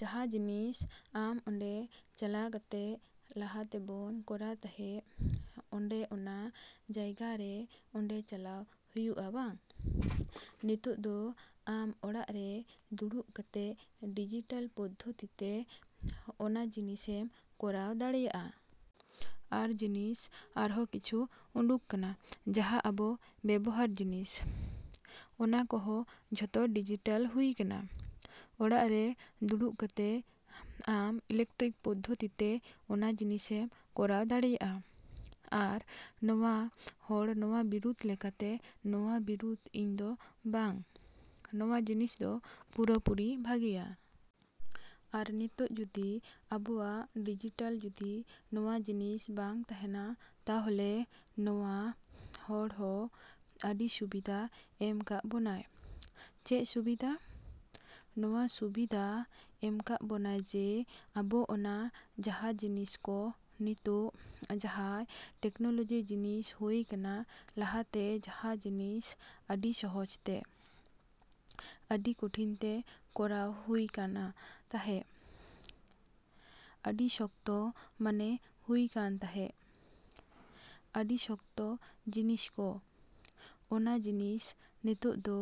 ᱡᱟᱦᱟᱸ ᱡᱤᱱᱤᱥ ᱟᱢ ᱚᱸᱰᱮ ᱪᱟᱞᱟᱣ ᱠᱟᱛᱮᱜ ᱞᱟᱦᱟ ᱛᱮᱵᱚᱱ ᱠᱚᱨᱟᱣ ᱛᱟᱦᱮᱸᱜ, ᱚᱸᱰᱮ ᱚᱱᱟ ᱡᱟᱭᱜᱟ ᱨᱮ ᱚᱸᱰᱮ ᱪᱟᱞᱟᱣ ᱦᱩᱭᱩᱜᱼᱟ ᱵᱟᱝ᱾ ᱱᱤᱛᱚᱜ ᱫᱚ ᱟᱢ ᱚᱲᱟᱜ ᱨᱮ ᱫᱩᱲᱩᱵ ᱠᱟᱛᱮᱜ ᱰᱤᱡᱤᱴᱟᱞ ᱢᱟᱫᱽᱫᱷᱚᱢ ᱛᱮ ᱚᱱᱟ ᱡᱤᱱᱤᱥ ᱮᱢ ᱠᱚᱨᱟᱣ ᱫᱟᱲᱮᱭᱟᱜᱼᱟ᱾ ᱟᱨ ᱡᱤᱱᱤᱥ ᱟᱨᱦᱚᱸ ᱠᱤᱪᱷᱩ ᱩᱰᱩᱠ ᱠᱟᱱᱟ ᱡᱟᱦᱟᱸ ᱟᱵᱚ ᱵᱮᱵᱚᱦᱟᱨ ᱡᱤᱱᱤᱥ, ᱚᱱᱟ ᱠᱚᱦᱚᱸ ᱡᱚᱛᱚ ᱰᱤᱡᱤᱴᱟᱞ ᱦᱩᱭ ᱠᱟᱱᱟ᱾ ᱚᱲᱟᱜ ᱨᱮ ᱫᱩᱲᱩᱵ ᱠᱟᱛᱮᱜ ᱟᱢ ᱤᱞᱮᱠᱴᱨᱚᱱᱤᱠ ᱢᱟᱫᱽᱫᱷᱚᱢ ᱛᱮ ᱚᱱᱟ ᱡᱤᱱᱤᱥ ᱮᱢ ᱠᱚᱨᱟᱣ ᱫᱟᱲᱮᱭᱟᱜᱼᱟ᱾ ᱟᱨ ᱱᱚᱣᱟ ᱦᱚᱲ ᱱᱚᱣᱟ ᱵᱤᱨᱩᱫᱷ ᱞᱮᱠᱟᱛᱮ ᱱᱚᱣᱟ ᱵᱤᱨᱩᱫᱷ ᱫᱚ ᱤᱧ ᱫᱚ ᱵᱟᱝ, ᱱᱚᱣᱟ ᱡᱤᱱᱤᱥ ᱫᱚ ᱯᱩᱨᱟᱹᱯᱩᱨᱤ ᱵᱷᱟᱜᱮᱭᱟ᱾ ᱟᱨ ᱱᱤᱛᱚᱜ ᱡᱩᱫᱤ ᱟᱵᱚᱣᱟᱜ ᱰᱤᱡᱤᱴᱟᱞ ᱡᱩᱫᱤ ᱱᱚᱣᱟ ᱡᱤᱱᱤᱥ ᱵᱟᱝ ᱛᱟᱦᱮᱱᱟ, ᱛᱟᱦᱚᱞᱮ ᱱᱚᱣᱟ ᱦᱚᱲ ᱦᱚᱸ ᱟᱹᱰᱤ ᱥᱩᱵᱤᱫᱷᱟ ᱮᱢ ᱠᱟᱜ ᱵᱚᱱᱟᱭ᱾ ᱪᱮᱫ ᱥᱩᱵᱤᱫᱷᱟ? ᱱᱚᱣᱟ ᱥᱩᱵᱤᱫᱷᱟ ᱮᱢ ᱠᱟᱜ ᱵᱚᱱᱟᱭ ᱡᱮ ᱟᱵᱚ ᱚᱱᱟ ᱡᱟᱦᱟᱸ ᱡᱤᱱᱤᱥ ᱠᱚ ᱱᱤᱛᱚᱜ ᱡᱟᱦᱟᱸᱭ ᱴᱮᱠᱱᱳᱞᱚᱡᱤ ᱡᱤᱱᱤᱥ ᱦᱩᱭ ᱠᱟᱱᱟ, ᱞᱟᱦᱟᱛᱮ ᱡᱟᱦᱟᱸ ᱡᱤᱱᱤᱥ ᱟᱹᱰᱤ ᱥᱚᱦᱚᱡ ᱛᱮ, ᱟᱹᱰᱤ ᱠᱚᱴᱷᱤᱱ ᱛᱮ ᱠᱚᱨᱟᱣ ᱦᱩᱭᱩᱜ ᱠᱟᱱ ᱛᱟᱦᱮᱸᱜ, ᱟᱹᱰᱤ ᱥᱚᱠᱛᱚ ᱢᱚᱱᱮ ᱦᱩᱭᱩᱜ ᱠᱟᱱ ᱛᱟᱦᱮᱸᱜ, ᱟᱹᱰᱤ ᱥᱚᱠᱛᱚ ᱡᱤᱱᱤᱥ ᱠᱚ, ᱚᱱᱟ ᱡᱤᱱᱤᱥ ᱱᱤᱛᱚᱜ ᱫᱚ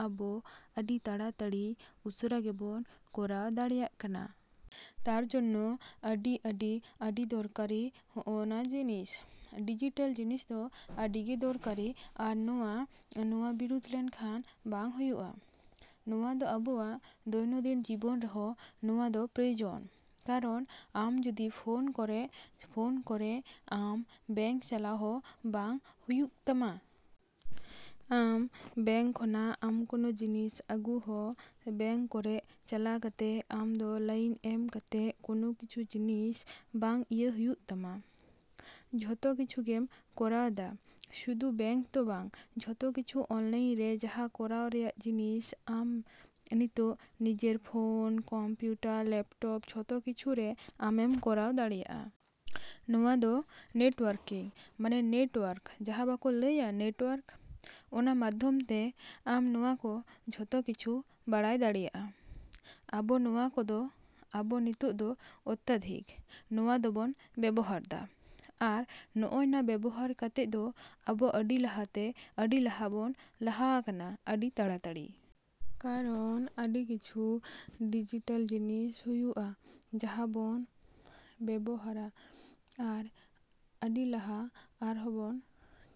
ᱟᱵᱚ ᱟᱹᱰᱤ ᱛᱟᱲᱟᱛᱟᱲᱤ ᱩᱥᱟᱹᱨᱟ ᱜᱮᱵᱚᱱ ᱠᱚᱨᱟᱣ ᱫᱟᱲᱮᱭᱟᱜ ᱠᱟᱱᱟ᱾ ᱛᱟᱨᱡᱚᱱᱱᱚ ᱟᱹᱰᱤ ᱟᱹᱰᱤ ᱟᱹᱰᱤ ᱫᱚᱨᱠᱟᱨᱤ ᱦᱚᱜᱼᱚᱭ ᱱᱟ ᱡᱤᱱᱤᱥ᱾ ᱰᱤᱡᱤᱴᱟᱞ ᱡᱤᱱᱤᱥ ᱫᱚ ᱟᱹᱰᱤ ᱜᱮ ᱫᱚᱨᱠᱟᱨᱤ ᱟᱨ ᱱᱚᱣᱟ ᱱᱚᱣᱟ ᱵᱤᱨᱩᱫᱷ ᱞᱮᱠᱷᱟᱱ ᱫᱚ ᱵᱟᱝ ᱦᱩᱭᱩᱜᱼᱟ᱾ ᱱᱚᱣᱟ ᱫᱚ ᱟᱵᱚᱣᱟᱜ ᱫᱚᱭᱱᱚᱱᱫᱤᱱ ᱡᱤᱵᱚᱱ ᱨᱮᱦᱚᱸ ᱱᱚᱣᱟ ᱫᱚ ᱯᱨᱚᱭᱳᱡᱚᱱ᱾ ᱠᱟᱨᱚᱱ ᱟᱢ ᱡᱚᱫᱤ ᱯᱷᱚᱱ ᱠᱚᱨᱮ, ᱯᱷᱚᱱ ᱨᱮ ᱟᱢ ᱵᱮᱝᱠ ᱪᱟᱞᱟᱣ ᱦᱚᱸ ᱵᱟᱝ ᱦᱩᱭᱩᱜ ᱛᱟᱢᱟ᱾ ᱟᱢ ᱵᱮᱝᱠ ᱠᱷᱚᱱᱟᱜ ᱟᱢ ᱠᱚᱱᱚ ᱡᱤᱱᱤᱥ ᱟᱹᱜᱩ ᱦᱚᱸ ᱵᱮᱝᱠ ᱨᱮ ᱪᱟᱞᱟᱣ ᱠᱟᱛᱮᱜ ᱟᱢ ᱫᱚ ᱞᱟᱭᱤᱱ ᱮᱢ ᱠᱟᱛᱮᱜ ᱠᱚᱱᱚ ᱠᱤᱪᱷᱩ ᱡᱤᱱᱤᱥ ᱵᱟᱝ ᱤᱭᱟᱹ ᱦᱩᱭᱩᱜ ᱛᱟᱢᱟ᱾ ᱡᱷᱚᱛᱚ ᱠᱤᱪᱷᱩ ᱜᱮᱢ ᱠᱚᱨᱟᱣ ᱫᱟ᱾ ᱥᱩᱫᱩ ᱵᱮᱝᱠ ᱫᱚ ᱵᱟᱝ, ᱡᱷᱚᱛᱚ ᱠᱤᱪᱷᱩ ᱚᱱᱞᱟᱭᱤᱱ ᱨᱮ ᱡᱟᱦᱟᱸ ᱠᱚᱨᱟᱣ ᱨᱮᱱᱟᱜ ᱡᱤᱱᱤᱥ ᱟᱢ ᱱᱤᱛᱚᱜ ᱱᱤᱡᱮᱨ ᱯᱷᱚᱱ, ᱠᱚᱢᱯᱤᱭᱩᱴᱟᱨ, ᱞᱮᱯᱴᱚᱯ, ᱡᱷᱚᱛᱚ ᱠᱤᱪᱷᱩ ᱨᱮ ᱟᱢᱮᱢ ᱠᱚᱨᱟᱣ ᱫᱟᱲᱮᱭᱟᱜᱼᱟ᱾ ᱱᱚᱣᱟ ᱫᱚ ᱱᱮᱴᱣᱚᱨᱠᱤᱝ ᱢᱟᱱᱮ ᱱᱮᱴᱣᱚᱨᱠ ᱡᱟᱦᱟᱸ ᱵᱟᱠᱚ ᱞᱟᱹᱭᱟ ᱱᱮᱴᱣᱚᱨᱠ, ᱚᱱᱟ ᱢᱟᱫᱽᱫᱷᱚᱢ ᱛᱮ ᱟᱢ ᱱᱚᱣᱟ ᱠᱚ ᱡᱷᱚᱛᱚ ᱠᱤᱪᱷᱩᱢ ᱠᱚᱨᱟᱣ ᱫᱟᱲᱮᱭᱟᱜᱼᱟ᱾ ᱟᱵᱚ ᱱᱚᱣᱟ ᱠᱚᱫᱚ ᱟᱵᱚ ᱱᱤᱛᱚᱜ ᱫᱚ ᱚᱛᱛᱟᱫᱷᱤᱠ ᱱᱚᱣᱟ ᱫᱚᱵᱚᱱ ᱵᱮᱵᱚᱦᱟᱨᱫᱟ᱾ ᱟᱨ ᱱᱚᱜᱼᱱᱟ ᱵᱮᱵᱚᱦᱟᱨ ᱠᱟᱛᱮᱜ ᱫᱚ ᱟᱵᱚ ᱟᱹᱰᱤ ᱞᱟᱦᱟᱛᱮ ᱟᱹᱰᱤ ᱞᱟᱦᱟᱵᱚᱱ ᱞᱟᱦᱟᱜ ᱠᱟᱱᱟ ᱟᱹᱰᱤ ᱛᱟᱲᱟᱛᱟᱲᱤ᱾ ᱠᱟᱨᱚᱱ ᱟᱹᱰᱤ ᱠᱤᱪᱷᱩ ᱰᱤᱡᱤᱴᱟᱞ ᱡᱤᱱᱤᱥ ᱦᱤᱡᱩᱜᱼᱟ ᱡᱟᱦᱟᱸ ᱵᱚᱱ ᱵᱮᱵᱚᱦᱟᱨᱟ ᱟᱨ ᱟᱹᱰᱤ ᱞᱟᱦᱟᱵᱚᱱ ᱟᱨᱦᱚᱸ ᱵᱚᱱ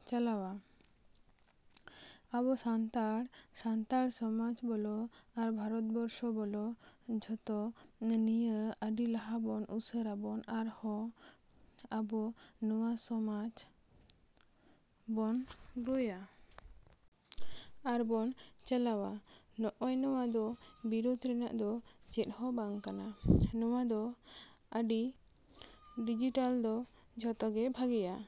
ᱪᱟᱞᱟᱜᱼᱟ᱾ ᱟᱵᱚ ᱥᱟᱱᱛᱟᱲ ᱥᱟᱱᱛᱟᱲ ᱥᱚᱢᱟᱡᱽ ᱵᱚᱞᱚ, ᱟᱵᱚ ᱵᱷᱟᱨᱚᱛᱵᱚᱨᱥᱚ ᱵᱚᱞᱚ, ᱡᱷᱚᱛᱚ ᱱᱚᱣᱟ ᱟᱹᱰᱤ ᱞᱟᱦᱟᱵᱚᱱ ᱩᱥᱟᱹᱨᱟᱵᱚᱱ ᱟᱨᱦᱚᱸ ᱟᱵᱚ ᱱᱚᱣᱟ ᱥᱚᱢᱟᱡᱽ ᱵᱚᱱ ᱜᱨᱳᱭᱟ᱾ ᱟᱨ ᱵᱚᱱ ᱪᱟᱞᱟᱜᱼᱟ᱾ ᱱᱚᱜᱼᱚᱭ ᱱᱟ ᱫᱚ ᱵᱤᱨᱚᱫᱷ ᱨᱮᱱᱟᱜ ᱫᱚ ᱪᱮᱫ ᱦᱚᱸ ᱵᱟᱝ ᱠᱟᱱᱟ᱾ ᱱᱚᱣᱟ ᱫᱚ ᱟᱹᱰᱤ ᱰᱤᱡᱤᱴᱟᱞ ᱫᱚ ᱡᱷᱚᱛᱚ ᱜᱮ ᱵᱷᱟᱜᱮᱭᱟ᱾।